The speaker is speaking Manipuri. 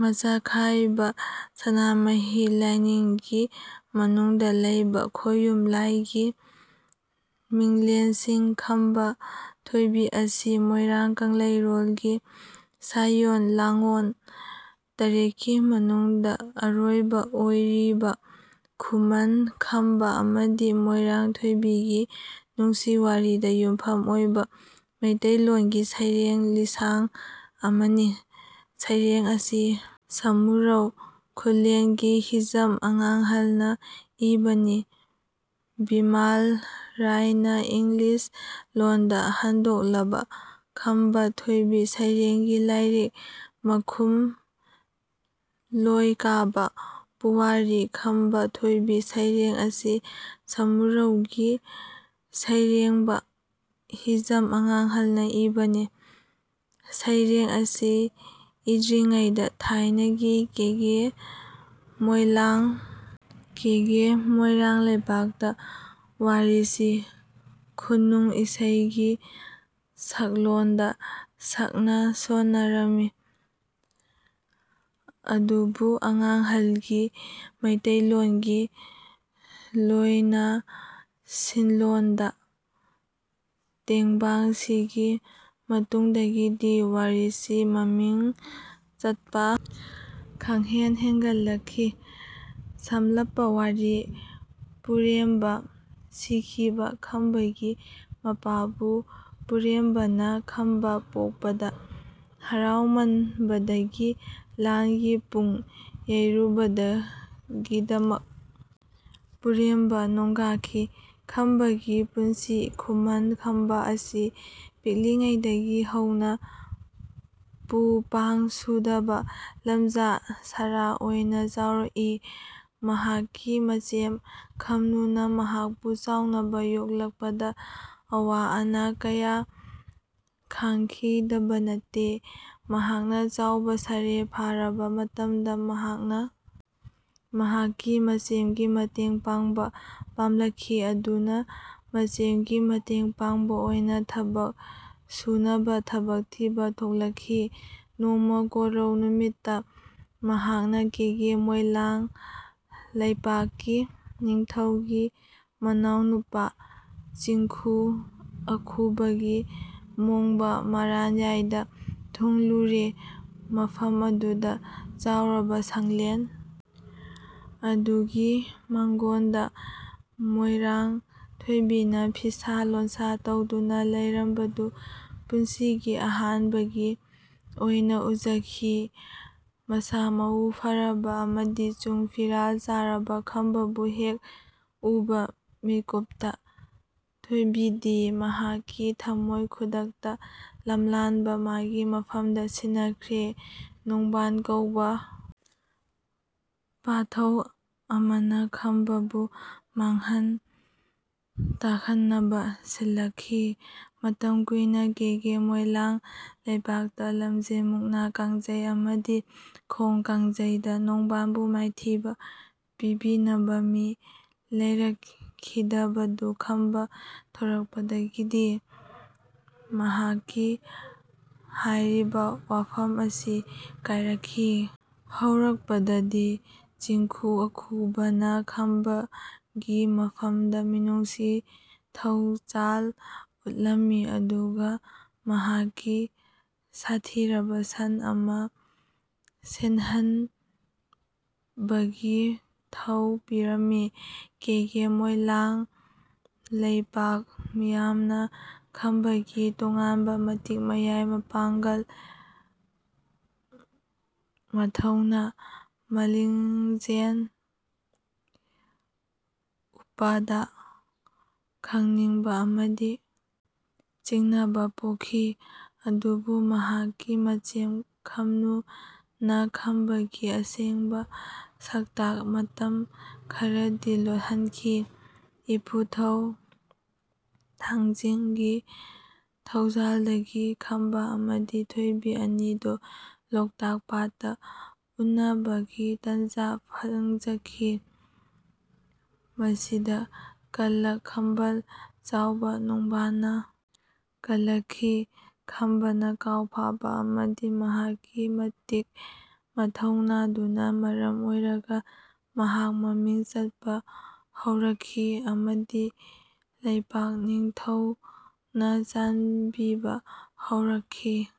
ꯃꯆꯥꯈꯥꯏꯕꯁꯅꯥꯃꯍꯤ ꯂꯥꯏꯅꯤꯡꯒꯤ ꯃꯅꯨꯡꯗ ꯂꯩꯕ ꯈꯣꯌꯨꯝ ꯂꯥꯏꯒꯤ ꯃꯤꯡꯂꯦꯟꯁꯤꯡ ꯈꯝꯕ ꯊꯣꯢꯕꯤ ꯑꯁꯤ ꯃꯣꯢꯔꯥꯡ ꯀꯪꯂꯩꯔꯣꯜꯒꯤ ꯁꯥꯢꯑꯣꯟ ꯂꯥꯡꯑꯣꯟ ꯇꯔꯦꯠꯀꯤ ꯃꯅꯨꯡꯗ ꯑꯔꯣꯢꯕ ꯑꯣꯢꯔꯤꯕ ꯈꯨꯃꯟ ꯈꯝꯕ ꯑꯃꯗꯤ ꯃꯣꯏꯔꯥꯡ ꯊꯣꯏꯕꯤꯒꯤ ꯅꯨꯡꯁꯤ ꯋꯥꯔꯤꯗ ꯌꯨꯝꯐꯝ ꯑꯣꯏꯕ ꯃꯤꯇꯩꯂꯣꯟꯒꯤ ꯁꯩꯔꯦꯡ ꯂꯤꯁꯥꯡ ꯑꯃꯅꯤ꯫ ꯁꯩꯔꯦꯡ ꯑꯁꯤ ꯁꯃꯨꯔꯧ ꯈꯨꯜꯂꯦꯟꯒꯤ ꯍꯤꯖꯝ ꯑꯉꯥꯡꯍꯜꯅ ꯏꯕꯅꯤ꯫ ꯚꯤꯃꯥꯜ ꯔꯥꯢꯅꯥ ꯏꯪꯂꯤꯁ ꯂꯣꯟꯗ ꯍꯟꯗꯣꯛꯂꯕ ꯈꯝꯕ ꯊꯣꯏꯕꯤ ꯁꯩꯔꯦꯡꯒꯤ ꯂꯥꯢꯔꯤꯛ ꯃꯈꯨꯝ ꯂꯣꯏ ꯀꯥꯕ ꯄꯨꯋꯥꯔꯤ ꯈꯝꯕ ꯊꯣꯢꯕꯤ ꯁꯩꯔꯦꯡ ꯑꯁꯤ ꯁꯃꯨꯔꯧꯒꯤ ꯁꯩꯔꯦꯡꯕ ꯍꯤꯖꯝ ꯑꯉꯥꯡꯍꯜꯅ ꯏꯕꯅꯤ꯫ ꯁꯩꯔꯦꯡ ꯑꯁꯤ ꯏꯗ꯭ꯔꯤꯉꯩꯗ ꯊꯥꯢꯅꯒꯤ ꯀꯦꯀꯦ ꯃꯣꯢꯂꯥꯡ ꯀꯦꯒꯦ ꯃꯣꯢꯔꯥꯡ ꯂꯩꯄꯥꯛꯇ ꯋꯥꯔꯤꯁꯤ ꯈꯨꯅꯨꯡ ꯏꯁꯩꯒꯤ ꯁꯛꯂꯣꯟꯗ ꯁꯛꯅ ꯁꯣꯟꯅꯔꯝꯢ꯫ ꯑꯗꯨꯕꯨ ꯑꯉꯥꯡꯍꯜꯒꯤ ꯃꯩꯇꯩꯂꯣꯟꯒꯤ ꯂꯣꯢꯅꯁꯤꯟꯂꯣꯟꯗ ꯇꯦꯡꯕꯥꯡꯁꯤꯒꯤ ꯃꯇꯨꯡꯗꯒꯤꯗꯤ ꯋꯥꯔꯤꯁꯤ ꯃꯃꯤꯡ ꯆꯠꯄ ꯈꯪꯍꯦꯟ ꯍꯦꯟꯒꯠꯂꯛꯈꯤ꯫ ꯁꯝꯂꯞꯄ ꯋꯥꯔꯤ ꯄꯨꯔꯦꯝꯕ ꯁꯤꯈꯤꯕ ꯈꯝꯕꯒꯤ ꯃꯄꯥꯕꯨ ꯄꯨꯔꯦꯝꯕꯅ ꯈꯝꯕ ꯄꯣꯛꯄꯗ ꯍꯔꯥꯎꯃꯟꯕꯗꯒꯤ ꯂꯥꯟꯒꯤ ꯄꯨꯡ ꯌꯩꯔꯨꯕꯒꯤꯗꯃꯛ ꯄꯨꯔꯦꯝꯕ ꯅꯣꯡꯒꯥꯈꯤ꯫ ꯈꯝꯕꯒꯤ ꯄꯨꯟꯁꯤ ꯈꯨꯃꯟ ꯈꯝꯕ ꯑꯁꯤ ꯄꯤꯛꯂꯤꯉꯩꯗꯒꯤ ꯍꯧꯅ ꯄꯨ ꯄꯥꯡ ꯁꯨꯗꯕ ꯂꯝꯖꯥ ꯁꯔꯥ ꯑꯣꯢꯅ ꯆꯥꯎꯔꯛꯏ꯫ ꯃꯍꯥꯛꯀꯤ ꯃꯆꯦꯝ ꯈꯝꯅꯨꯅ ꯃꯍꯥꯛꯄꯨ ꯆꯥꯎꯅꯕ ꯌꯣꯛꯂꯛꯄꯗ ꯑꯋꯥ ꯑꯅꯥ ꯀꯌꯥ ꯈꯥꯡꯈꯤꯗꯕ ꯅꯠꯇꯦ꯫ ꯃꯍꯥꯛꯅ ꯆꯥꯎꯕ ꯁꯔꯦꯞ ꯐꯥꯔꯕ ꯃꯇꯝꯗ ꯃꯍꯥꯛꯅ ꯃꯍꯥꯛꯀꯤ ꯃꯆꯦꯝꯒꯤ ꯃꯇꯦꯡ ꯄꯥꯡꯕ ꯄꯥꯝꯂꯛꯈꯤ꯫ ꯑꯗꯨꯅ ꯃꯆꯦꯝꯒꯤ ꯃꯇꯦꯡ ꯄꯥꯡꯕ ꯑꯣꯢꯅ ꯊꯕꯛ ꯁꯨꯅꯕ ꯊꯕꯛ ꯊꯤꯕ ꯊꯣꯛꯂꯛꯈꯤ꯫ ꯅꯣꯡꯃ ꯀꯣꯔꯧ ꯅꯨꯃꯤꯠꯇ ꯃꯍꯥꯛꯅ ꯀꯦꯀꯦ ꯃꯣꯢꯂꯥꯡ ꯂꯩꯄꯥꯛꯀꯤ ꯅꯤꯡꯊꯧꯒꯤ ꯃꯅꯥꯎꯅꯨꯄꯥ ꯆꯤꯡꯈꯨ ꯑꯈꯨꯕꯒꯤ ꯃꯣꯡꯕ ꯃꯔꯥꯟꯌꯥꯢꯗ ꯊꯨꯡꯂꯨꯔꯦ꯫ ꯃꯐꯝ ꯑꯗꯨꯗ ꯆꯥꯎꯔꯕ ꯁꯪꯂꯦꯟ ꯑꯗꯨꯒꯤ ꯃꯥꯡꯒꯣꯟꯗ ꯃꯣꯢꯔꯥꯡ ꯊꯣꯢꯕꯤꯅ ꯐꯤꯁꯥ ꯂꯣꯟꯁꯥ ꯇꯧꯗꯨꯅ ꯂꯩꯔꯝꯕꯗꯨ ꯄꯨꯟꯁꯤꯒꯤ ꯑꯍꯥꯟꯕꯒꯤ ꯑꯣꯢꯅ ꯎꯖꯈꯤ꯫ ꯃꯁꯥ ꯃꯎ ꯐꯔꯕ ꯑꯃꯗꯤ ꯆꯨꯡ ꯐꯤꯔꯥꯜ ꯆꯥꯔꯕ ꯈꯝꯕꯕꯨ ꯍꯦꯛ ꯎꯕ ꯃꯤꯠꯀꯨꯞꯇ ꯊꯣꯢꯕꯤꯗꯤ ꯃꯍꯥꯛꯀꯤ ꯊꯃꯣꯢ ꯈꯨꯗꯛꯇ ꯂꯝꯂꯥꯟꯕ ꯃꯥꯒꯤ ꯃꯐꯝꯗ ꯁꯤꯟꯅꯈ꯭ꯔꯦ꯫ ꯅꯣꯡꯕꯥꯟ ꯀꯧꯕ ꯄꯥꯊꯧ ꯑꯃꯅ ꯈꯨꯃꯟ ꯈꯝꯕ ꯕꯨ ꯃꯥꯡꯍꯟ ꯇꯥꯛꯍꯟꯅꯕ ꯁꯤꯜꯂꯛꯈꯤ꯫ ꯃꯇꯝ ꯀꯨꯢꯅ ꯀꯦꯀꯦ ꯃꯣꯢꯂꯥꯡ ꯂꯩꯄꯥꯛꯇ ꯂꯝꯆꯦꯜ ꯃꯨꯛꯅꯥ ꯀꯥꯡꯆꯩ ꯑꯃꯗꯤ ꯈꯣꯡ ꯀꯥꯡꯆꯩ ꯗ ꯅꯣꯡꯕꯥꯟ ꯕꯨ ꯃꯥꯢꯊꯤꯕ ꯄꯤꯕꯤꯅꯕ ꯃꯤ ꯂꯩꯔꯛꯈꯤꯗꯕꯗꯨ ꯈꯝꯕ ꯊꯣꯛꯂꯛꯄꯗꯒꯤꯗꯤ ꯃꯍꯥꯛꯀꯤ ꯍꯥꯢꯔꯤꯕ ꯋꯥꯐꯝ ꯑꯁꯤ ꯀꯥꯢꯔꯛꯈꯤ꯫ ꯍꯧꯔꯛꯄꯗꯗꯤ ꯆꯤꯡꯈꯨ ꯑꯈꯨꯕ ꯅ ꯈꯝꯕ ꯒꯤ ꯃꯐꯝꯗ ꯃꯤꯅꯨꯡꯁꯤ ꯊꯧꯆꯥꯜ ꯎꯠꯂꯝꯃꯤ ꯑꯗꯨꯒ ꯃꯍꯥꯛꯀꯤ ꯁꯥꯊꯤꯔꯕ ꯁꯟ ꯑꯃ ꯁꯦꯜꯍꯟꯕꯒꯤ ꯊꯧ ꯄꯤꯔꯝꯃꯤ꯫ ꯀꯦꯀꯦ ꯃꯣꯢꯂꯥꯡ ꯂꯩꯄꯥꯛ ꯃꯤꯌꯥꯝꯅ ꯈꯝꯕ ꯒꯤ ꯇꯣꯉꯥꯟꯕ ꯃꯇꯤꯛ ꯃꯌꯥꯢ ꯃꯄꯥꯡꯀꯜ ꯃꯊꯧꯅꯥ ꯃꯂꯤꯡꯆꯦꯜ ꯎꯄꯗ ꯈꯪꯅꯤꯡꯕ ꯑꯃꯗꯤ ꯆꯤꯡꯅꯕ ꯄꯣꯛꯈꯤ꯫ ꯑꯗꯨꯕꯨ ꯃꯍꯥꯛꯀꯤ ꯃꯆꯦꯝ ꯈꯝꯅꯨ ꯅ ꯈꯝꯕ ꯒꯤ ꯑꯁꯦꯡꯕ ꯁꯛꯇꯥꯛ ꯃꯇꯝ ꯈꯔꯗꯤ ꯂꯣꯠꯍꯟꯈꯤ꯫ ꯏꯄꯨꯊꯧ ꯊꯥꯡꯆꯤꯡ ꯒꯤ ꯊꯧꯖꯥꯜꯗꯒꯤ ꯈꯝꯕ ꯑꯃꯗꯤ ꯊꯣꯢꯕꯤ ꯑꯅꯤꯗꯨ ꯂꯣꯛꯇꯥꯛ ꯄꯥꯠꯇ ꯎꯅꯕꯒꯤ ꯇꯥꯟꯖꯥ ꯐꯪꯖꯈꯤ꯫ ꯃꯁꯤꯗ ꯀꯜꯂꯛ ꯈꯝꯕꯜ ꯆꯥꯎꯕ ꯅꯣꯡꯕꯥꯟ ꯅ ꯀꯜꯂꯛꯈꯤ꯫ ꯈꯝꯕꯅ ꯀꯥꯎ ꯐꯥꯕ ꯑꯃꯗꯤ ꯃꯍꯥꯛꯀꯤ ꯃꯇꯤꯛ ꯃꯊꯧꯅꯥ ꯗꯨꯅ ꯃꯔꯝ ꯑꯣꯢꯔꯒ ꯃꯍꯥꯛ ꯃꯃꯤꯡ ꯆꯠꯄ ꯍꯧꯔꯛꯈꯤ ꯑꯃꯗꯤ ꯂꯩꯄꯥꯛ ꯅꯤꯡꯊꯧ ꯅ ꯆꯥꯟꯕꯤꯕ ꯍꯧꯔꯛꯈꯤ꯫